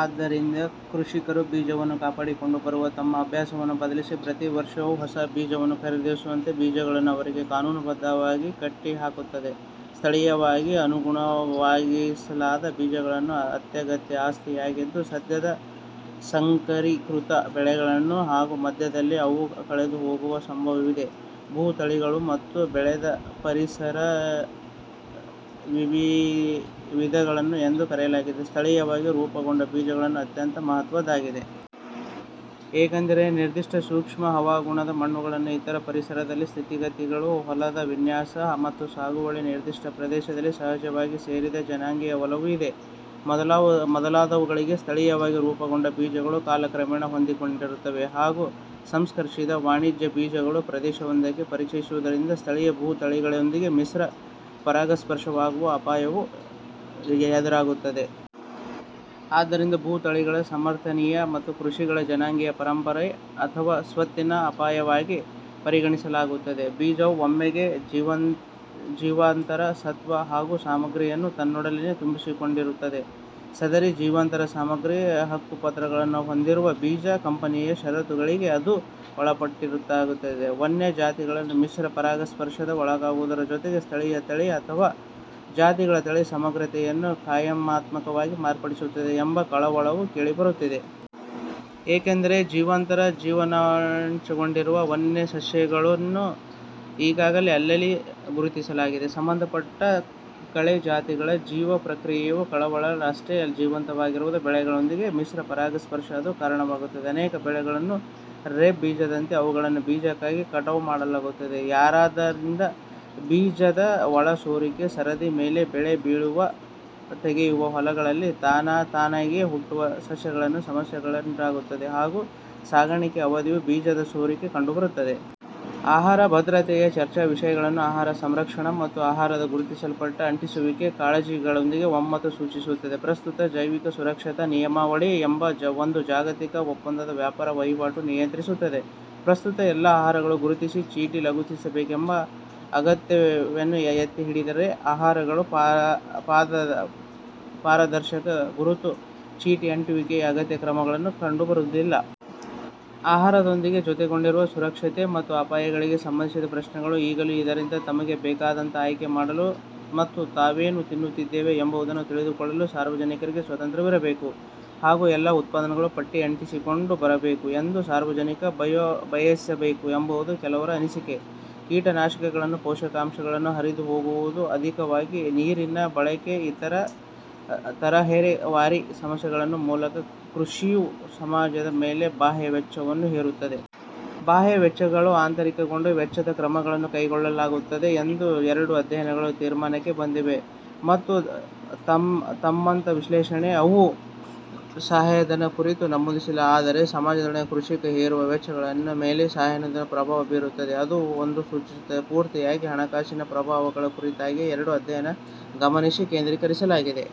ಆದ್ದರಿಂದ, ಕೃಷಿಕರು ಬೀಜವನ್ನು ಕಾಪಾಡಿಕೊಂಡು ಬರುವ ತಮ್ಮ ಅಭ್ಯಾಸಗಳನ್ನು ಬದಲಿಸಿ, ಪ್ರತಿ ವರ್ಷವೂ ಹೊಸ ಬೀಜವನ್ನು ಖರೀದಿಸುವಂತೆ ಬೀಜಗಳು ಅವರಿಗೆ ಕಾನೂನುಬದ್ಧವಾಗಿ ಕಟ್ಟಿಹಾಕುತ್ತವೆ. ಸ್ಥಳಿಯವಾಗಿ ಅನುಗೊಳಿಸಲಾದ ಬೀಜಗಳು ಅತ್ಯಗತ್ಯ ಆಸ್ತಿಯಾಗಿದ್ದು, ಸದ್ಯದ ಸಂಕರೀಕೃತ ಬೆಳೆಗಳು ಹಾಗೂ ಮಧ್ಯದಲ್ಲಿ ಅವು ಕಳೆದುಹೋಗುವ ಸಂಭವವಿದೆ. ಭೂ ತಳಿಗಳು ಅಥವಾ ಬೆಳೆಯ ಪರಿಸರೀಯ-ವಿಧಗಳು ಎಂದೂ ಕರೆಯಲಾಗುವ ಸ್ಥಳೀಯವಾಗಿ ರೂಪುಗೊಂಡ ಬೀಜಗಳು ಅತ್ಯಂತ ಮಹತ್ತ್ವದ್ದಾಗಿವೆ. ಏಕೆಂದರೆ, ನಿರ್ದಿಷ್ಟ ಸೂಕ್ಷ್ಮ ಹವಾಮಾನಗಳು, ಮಣ್ಣುಗಳು, ಇತರ ಪರಿಸರೀಯ ಸ್ಥಿತಿಗತಿಗಳು, ಹೊಲದ ವಿನ್ಯಾಸಗಳು, ಮತ್ತು ಸಾಗುವಳಿಯ ನಿರ್ದಿಷ್ಟ ಪ್ರದೇಶಕ್ಕೆ ಸಹಜವಾಗಿ ಸೇರಿದ ಜನಾಂಗೀಯ ಒಲವು ಇವೇ ಮೊದಲಾದವುಗಳಿಗೆ ಸ್ಥಳೀಯವಾಗಿ ರೂಪುಗೊಂಡ ಬೀಜಗಳು ಕಾಲಕ್ರಮೇಣ ಹೊಂದಿಕೊಂಡಿರುತ್ತವೆ. ಹಾಗೂ ಸಂಕರೀಕೃತ ವಾಣಿಜ್ಯ ಬೀಜವನ್ನು ಪ್ರದೇಶವೊಂದಕ್ಕೆ ಪರಿಚಯಿಸುವುದರಿಂದ, ಸ್ಥಳೀಯ ಭೂ ತಳಿಗಳೊಂದಿಗೆ ಮಿಶ್ರ-ಪರಾಗಸ್ಪರ್ಶವಾಗುವ ಅಪಾಯವು ಎದುರಾಗುತ್ತದೆ. ಆದ್ದರಿಂದ, ಭೂ ತಳಿಗಳ ಸಮರ್ಥನೀಯತೆ ಮತ್ತು ಕೃಷಿಗಳ ಜನಾಂಗೀಯ ಪರಂಪರೆ ಅಥವಾ ಸ್ವತ್ತಿಗೆ ಅಪಾಯವಾಗಿ ಪರಿಣಮಿಸುತ್ತವೆ. ಬೀಜವು ಒಮ್ಮೆಗೆ ಜೀವಾಂತರ ಸತ್ವ ಅಥವಾ ಸಾಮಗ್ರಿಯನ್ನು ತನ್ನೊಡಲಲ್ಲಿ ತುಂಬಿಸಿಕೊಂಡಿತೆಂದರೆ, ಸದರಿ ಜೀವಾಂತರ ಸಾಮಗ್ರಿಯ ಹಕ್ಕುಪತ್ರವನ್ನು ಹೊಂದಿರುವ ಬೀಜ ಕಂಪನಿಯ ಷರತ್ತುಗಳಿಗೆ ಅದು ಒಳಪಟ್ಟಂತಾಗುತ್ತದೆ. ವನ್ಯ ಜಾತಿಗಳೊಂದಿಗೆ ಮಿಶ್ರ-ಪರಾಗಸ್ಪರ್ಶಕ್ಕೆ ಒಳಗಾಗುವುದರ ಜೊತೆಗೆ, ಸ್ಥಳೀಯ ತಳಿ ಅಥವಾ ಜಾತಿಗಳ ತಳಿ ಸಮಗ್ರತೆಯನ್ನು ಖಾಯಮ್ಮಾಗಿ ಮಾರ್ಪಡಿಸುತ್ತವೆ ಎಂಬ ಕಳವಳವೂ ಕೇಳಿಬರುತ್ತಿದೆ. ಏಕೆಂದರೆ, ಜೀವಾಂತರ ಜೀನ್ಗಳನ್ನೊಳಗೊಂಡಿರುವ ವನ್ಯ ಸಸ್ಯಗಳ ವರ್ಗಗಳನ್ನು ಈಗಾಗಲೇ ಅಲ್ಲಲ್ಲಿ ಗುರುತಿಸಲಾಗಿದೆ. ಸಂಬಂಧಪಟ್ಟ ಕಳೆ ಜಾತಿಗಳಿಗೆ ಜೀನ್ನ ಪ್ರವಹಿಸುವಿಕೆಯು ಕಳವಳಕಾರಿಯಷ್ಟೇ ಅಲ್ಲ, ಜೀವಾಂತರವಾಗದ ಬೆಳೆಗಳೊಂದಿಗಿನ ಮಿಶ್ರ-ಪರಾಗಸ್ಪರ್ಶಕ್ಕೂ ಅದು ಕಾರಣವಾಗುತ್ತದೆ. ಅನೇಕ ಬೆಳೆಗಳನ್ನು ರೇಪ್ ಬೀಜದಂತೆ ಅವುಗಳ ಬೀಜಕ್ಕಾಗಿ ಕಟಾವು ಮಾಡಲಾಗುತ್ತದೆಯಾದ್ದರಿಂದ, ಬೀಜದ ಒಳ-ಸೋರಿಕೆಯು ಸರದಿಯ ಮೇಲೆ ಬೆಳೆ ತೆಗೆಯುವ ಹೊಲಗಳಲ್ಲಿ ತಾನೇತಾನಾಗಿ ಹುಟ್ಟುವ ಸಸ್ಯಗಳಿಗೆ ಸಮಸ್ಯೆಯನ್ನುಂಟುಮಾಡುತ್ತದೆ, ಹಾಗೂ ಸಾಗಾಣಿಕೆಯ ಅವಧಿಯಲ್ಲೂ ಬೀಜದ-ಸೋರಿಕೆ ಕಂಡುಬರುತ್ತದೆ. ಆಹಾರ ಭದ್ರತೆಯ ಚರ್ಚಾವಿಷಯಗಳು ಆಹಾರ ಸುರಕ್ಷತೆ ಮತ್ತು ಆಹಾರದ ಗುರುತುಚೀಟಿ ಅಂಟಿಸುವಿಕೆಯ ಕಾಳಜಿಗಳೊಂದಿಗೂ ಒಮ್ಮತ ಸೂಚಿಸುತ್ತವೆ. ಪ್ರಸ್ತುತ ಜೈವಿಕ ಸುರಕ್ಷತಾ ನಿಯಮಾವಳಿ ಎಂಬ ಒಂದು ಜಾಗತಿಕ ಒಪ್ಪಂದವು ವ್ಯಾಪಾರ-ವಹಿವಾಟನ್ನು ನಿಯಂತ್ರಿಸುತ್ತದೆ. ಪ್ರಸ್ತುತ ಎಲ್ಲಾ ಆಹಾರಗಳಿಗೂ ಗುರುತಿನ ಚೀಟಿ ಲಗತ್ತಿಸಬೇಕೆಂಬ ಅಗತ್ಯತೆಯನ್ನು ಎತ್ತಿಹಿಡಿದಿದ್ದರೆ, ಆಹಾರಗಳ ಪಾರದರ್ಶಕ ಗುರುತು ಚೀಟಿಯ ಅಂಟಿಸುವಿಕೆಯು ಅಗತ್ಯ ಕ್ರಮವಾಗಿ ಕಂಡುಬಂದಿಲ್ಲ. ಆಹಾರಗಳೊಂದಿಗೆ ಜೊತೆಗೂಡಿರುವ ಸುರಕ್ಷತೆ ಮತ್ತು ಅಪಾಯಗಳಿಗೆ ಸಂಬಂಧಿಸಿದ ಪ್ರಶ್ನೆಗಳು ಈಗಲೂ ಇರುವುದರಿಂದ, ತಮಗೆ ಬೇಕಾದ್ದನ್ನು ಆಯ್ಕೆ ಮಾಡಲು ಮತ್ತು ತಾವೇನು ತಿನ್ನುತ್ತಿದ್ದೇವೆ ಎಂಬುದನ್ನು ತಿಳಿದುಕೊಳ್ಳಲು ಸಾರ್ವಜನಿಕರಿಗೆ ಸ್ವಾತಂತ್ರ್ಯವಿರಬೇಕು ಹಾಗೂ ಎಲ್ಲಾ ಉತ್ಪನ್ನಗಳೂ ಪಟ್ಟಿ ಅಂಟಿಸಿಕೊಂಡೇ ಬರಬೇಕು ಎಂದು ಸಾರ್ವಜನಿಕರು ಬಯಸಬೇಕು ಎಂಬುದು ಕೆಲವರ ಅನಿಸಿಕೆ. ಕೀಟನಾಶಕಗಳು, ಪೋಷಕಾಂಶಗಳು ಹರಿದುಹೋಗುವುದು, ಅಧಿಕವಾದ ನೀರಿನ ಬಳಕೆ, ಮತ್ತು ಇತರ ತರಹೇವಾರಿ ಸಮಸ್ಯೆಗಳ ಮೂಲಕ ಕೃಷಿಯು ಸಮಾಜದ ಮೇಲೆ ಬಾಹ್ಯ ವೆಚ್ಚಗಳನ್ನು ಹೇರುತ್ತದೆ. ಬಾಹ್ಯ ವೆಚ್ಚಗಳನ್ನು ಆಂತರಿಕಗೊಳಿಸಲು ಹೆಚ್ಚಿನ ಕ್ರಮಗಳನ್ನು ಕೈಗೊಳ್ಳಬೇಕಾಗುತ್ತದೆ ಎಂದು ಎರಡೂ ಅಧ್ಯಯನಗಳು ತೀರ್ಮಾನಕ್ಕೆ ಬಂದಿವೆ, ಮತ್ತು ತಂತಮ್ಮ ವಿಶ್ಲೇಷಣೆಗಳಲ್ಲಿ ಅವು ಸಹಾಯಧನಗಳ ಕುರಿತು ನಮೂದಿಸಿಲ್ಲ. ಆದರೆ ಸಮಾಜದೆಡೆಗೆ ಕೃಷಿಯು ಹೇರುವ ವೆಚ್ಚದ ಮೇಲೆ ಸಹಾಯಧನಗಳೂ ಪ್ರಭಾವ ಬೀರುತ್ತವೆ ಎಂದು ಅವು ಸೂಚಿಸಿವೆ. ಪೂರ್ತಿಯಾಗಿ ಹಣಕಾಸಿನ ಪ್ರಭಾವಗಳ ಕುರಿತಾಗಿಯೇ ಎರಡೂ ಅಧ್ಯಯನಗಳು ಗಮನವನ್ನು ಕೇಂದ್ರೀಕರಿಸಿವೆ.